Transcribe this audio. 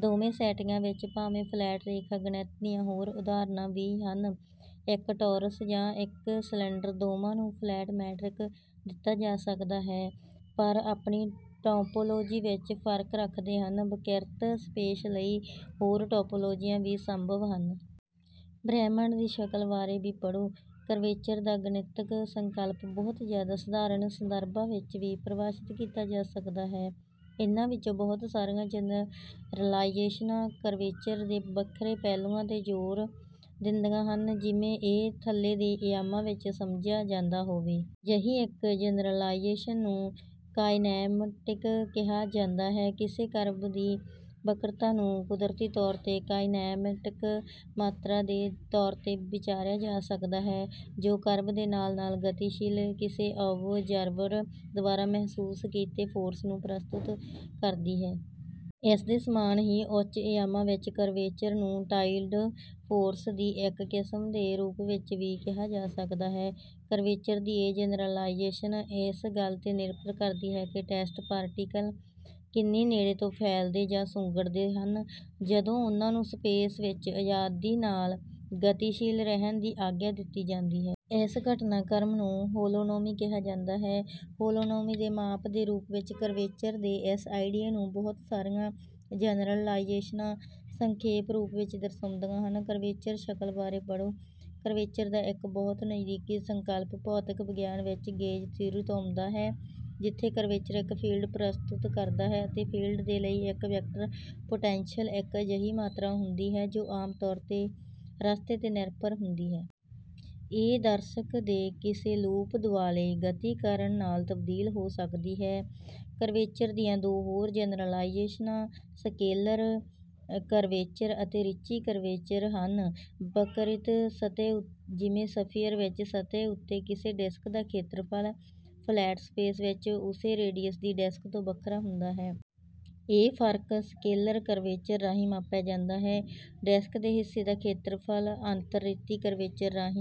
ਦੋਵੇਂ ਸੈਟਿੰਗਾਂ ਵਿੱਚ ਭਾਵੇਂ ਫਲੈਟ ਰੇਖਾ-ਗਣਿਤ ਦੀਆਂ ਹੋਰ ਉਦਾਹਰਨਾਂ ਵੀ ਹਨ। ਇੱਕ ਟੌਰਸ ਜਾਂ ਇੱਕ ਸਿਲੰਡਰ ਦੋਵਾਂ ਨੂੰ ਫਲੈਟ ਮੈਟ੍ਰਿਕ ਦਿੱਤਾ ਜਾ ਸਕਦਾ ਹੈ, ਪਰ ਆਪਣੀ ਟੌਪੌਲੌਜੀ ਵਿੱਚ ਫਰਕ ਰੱਖਦੇ ਹਨ। ਵਕਰਿਤ ਸਪੇਸ ਲਈ ਹੋਰ ਟੌਪੌਲੌਜੀਆਂ ਵੀ ਸੰਭਵ ਹਨ। ਬ੍ਰਹਿਮੰਡ ਦੀ ਸ਼ਕਲ ਬਾਰੇ ਵੀ ਪੜ੍ਹੋ। ਕਰਵੇਚਰ ਦਾ ਗਣਿਤਿਕ ਸੰਕਲਪ ਬਹੁਤ ਜ਼ਿਆਦਾ ਸਧਾਰਨ ਸੰਦਰਭਾਂ ਵਿੱਚ ਵੀ ਪਰਿਭਾਸ਼ਿਤ ਕੀਤਾ ਜਾ ਸਕਦਾ ਹੈ। ਇਨ੍ਹਾਂ ਵਿੱਚੋਂ ਬਹੁਤ ਸਾਰੀਆਂ ਜਨਰਲਾਈਜ਼ੇਸ਼ਨਾਂ ਕਰਵੇਚਰ ਦੇ ਵੱਖਰੇ ਪਹਿਲੂਆਂ 'ਤੇ ਜ਼ੋਰ ਦਿੰਦੀਆਂ ਹਨ ਜਿਵੇਂ ਇਹ ਥੱਲੇ ਦੇ ਅਯਾਮਾਂ ਵਿੱਚ ਸਮਝਿਆ ਜਾਂਦਾ ਹੋਵੇ। ਅਜਿਹੀ ਇੱਕ ਜਨਰਲਾਈਜ਼ੇਸ਼ਨ ਨੂੰ ਕਾਇਨੈਮੈਟਿਕ ਕਿਹਾ ਜਾਂਦਾ ਹੈ। ਕਿਸੇ ਕਰਵ ਦੀ ਵਕਰਤਾ ਨੂੰ ਕੁਦਰਤੀ ਤੌਰ 'ਤੇ ਕਿਸੇ ਕਾਇਨੈਮੈਟਿਕ ਮਾਤਰਾ ਦੇ ਤੌਰ 'ਤੇ ਵਿਚਾਰਿਆ ਜਾ ਸਕਦਾ ਹੈ, ਜੋ ਕਰਵ ਦੇ ਨਾਲ-ਨਾਲ ਗਤੀਸ਼ੀਲ ਕਿਸੇ ਔਬਜ਼ਰਵਰ ਦੁਆਰਾ ਮਹਿਸੂਸ ਕੀਤੇ ਫੋਰਸ ਨੂੰ ਪ੍ਰਸਤੁਤ ਕਰਦੀ ਹੈ। ਇਸਦੇ ਸਮਾਨ ਹੀ, ਉੱਚ-ਅਯਾਮਾਂ ਵਿੱਚ ਕਰਵੇਚਰ ਨੂੰ ਟਾਈਡਲ ਫੋਰਸ ਦੀ ਇੱਕ ਕਿਸਮ ਦੇ ਰੂਪ ਵਿੱਚ ਵੀ ਕਿਹਾ ਜਾ ਸਕਦਾ ਹੈ। ਕਰਵੇਚਰ ਦੀ ਇਹ ਜਨਰਲਾਈਜ਼ੇਸ਼ਨ ਇਸ ਗੱਲ 'ਤੇ ਨਿਰਭਰ ਕਰਦੀ ਹੈ ਕਿ ਟੈਸਟ ਪਾਰਟੀਕਲ ਕਿੰਨੀ ਨੇੜੇ ਤੋਂ ਫੈਲਦੇ ਜਾਂ ਸੁੰਗੜਦੇ ਹਨ ਜਦੋਂ ਉਨ੍ਹਾਂ ਨੂੰ ਸਪੇਸ ਵਿੱਚ ਅਜ਼ਾਦੀ ਨਾਲ ਗਤੀਸ਼ੀਲ ਰਹਿਣ ਦੀ ਆਗਿਆ ਦਿੱਤੀ ਜਾਂਦੀ ਹੈ। ਇਸ ਘਟਨਾਕ੍ਰਮ ਨੂੰ ਹੋਲੋਨੋਮੀ ਕਿਹਾ ਜਾਂਦਾ ਹੈ। ਹੋਲੋਨੋਮੀ ਦੇ ਮਾਪ ਦੇ ਰੂਪ ਵਿੱਚ ਕਰਵੇਚਰ ਦੇ ਇਸ ਆਈਡੀਏ ਨੂੰ ਬਹੁਤ ਸਾਰੀਆਂ ਜਨਰਲਾਈਜ਼ੇਸ਼ਨਾਂ ਸੰਖੇਪ ਰੂਪ ਵਿੱਚ ਦਰਸਾਉਂਦੀਆਂ ਹਨ। ਕਰਵੇਚਰ ਸ਼ਕਲ ਬਾਰੇ ਪੜ੍ਹੋ। ਕਰਵੇਚਰ ਦਾ ਇੱਕ ਬਹੁਤ ਨਜ਼ਦੀਕੀ ਸੰਕਲਪ ਭੌਤਿਕ ਵਿਗਿਆਨ ਵਿੱਚ ਗੇਜ ਥਿਊਰੀ ਤੋਂ ਆਉਂਦਾ ਹੈ, ਜਿੱਥੇ ਕਰਵੇਚਰ ਇੱਕ ਫੀਲਡ ਪ੍ਰਸਤੁਤ ਕਰਦਾ ਹੈ ਅਤੇ ਫੀਲਡ ਦੇ ਲਈ ਇੱਕ ਵੈਕਟਰ ਪੁਟੈਂਸ਼ਲ ਇੱਕ ਅਜਿਹੀ ਮਾਤਰਾ ਹੁੰਦੀ ਹੈ ਜੋ ਆਮ ਤੌਰ 'ਤੇ ਰਸਤੇ 'ਤੇ ਨਿਰਭਰ ਹੁੰਦੀ ਹੈ। ਇਹ ਦਰਸ਼ਕ ਦੇ ਕਿਸੇ ਲੂਪ ਦੁਆਲੇ ਗਤੀ ਕਰਨ ਨਾਲ ਤਬਦੀਲ ਹੋ ਸਕਦੀ ਹੈ। ਕਰਵੇਚਰ ਦੀਆਂ ਦੋ ਹੋਰ ਜਨਰਲਾਈਜ਼ੇਸ਼ਨਾਂ ਸਕੇਲਰ ਕਰਵੇਚਰ ਅਤੇ ਰਿੱਚੀ ਕਰਵੇਚਰ ਹਨ। ਵਕਰਿਤ ਸਤਹਿ ਜਿਵੇਂ ਸਫੀਅਰ ਵਿੱਚ, ਸਤਹਿ ਉੱਤੇ ਕਿਸੇ ਡਿਸਕ ਦਾ ਖੇਤਰਫਲ, ਫਲੈਟ ਸਪੇਸ ਵਿੱਚ ਉਸੇ ਰੇਡੀਅਸ ਦੀ ਡਿਸਕ ਤੋਂ ਵੱਖਰਾ ਹੁੰਦਾ ਹੈ। ਇਹ ਫਰਕ ਸਕੇਲਰ ਕਰਵੇਚਰ ਰਾਹੀਂ ਮਾਪਿਆ ਜਾਂਦਾ ਹੈ। ਡਿਸਕ ਦੇ ਹਿੱਸੇ ਦਾ ਖੇਤਰਫਲ ਅੰਤਰ ਰਿੱਚੀ ਕਰਵੇਚਰ ਰਾਹੀਂ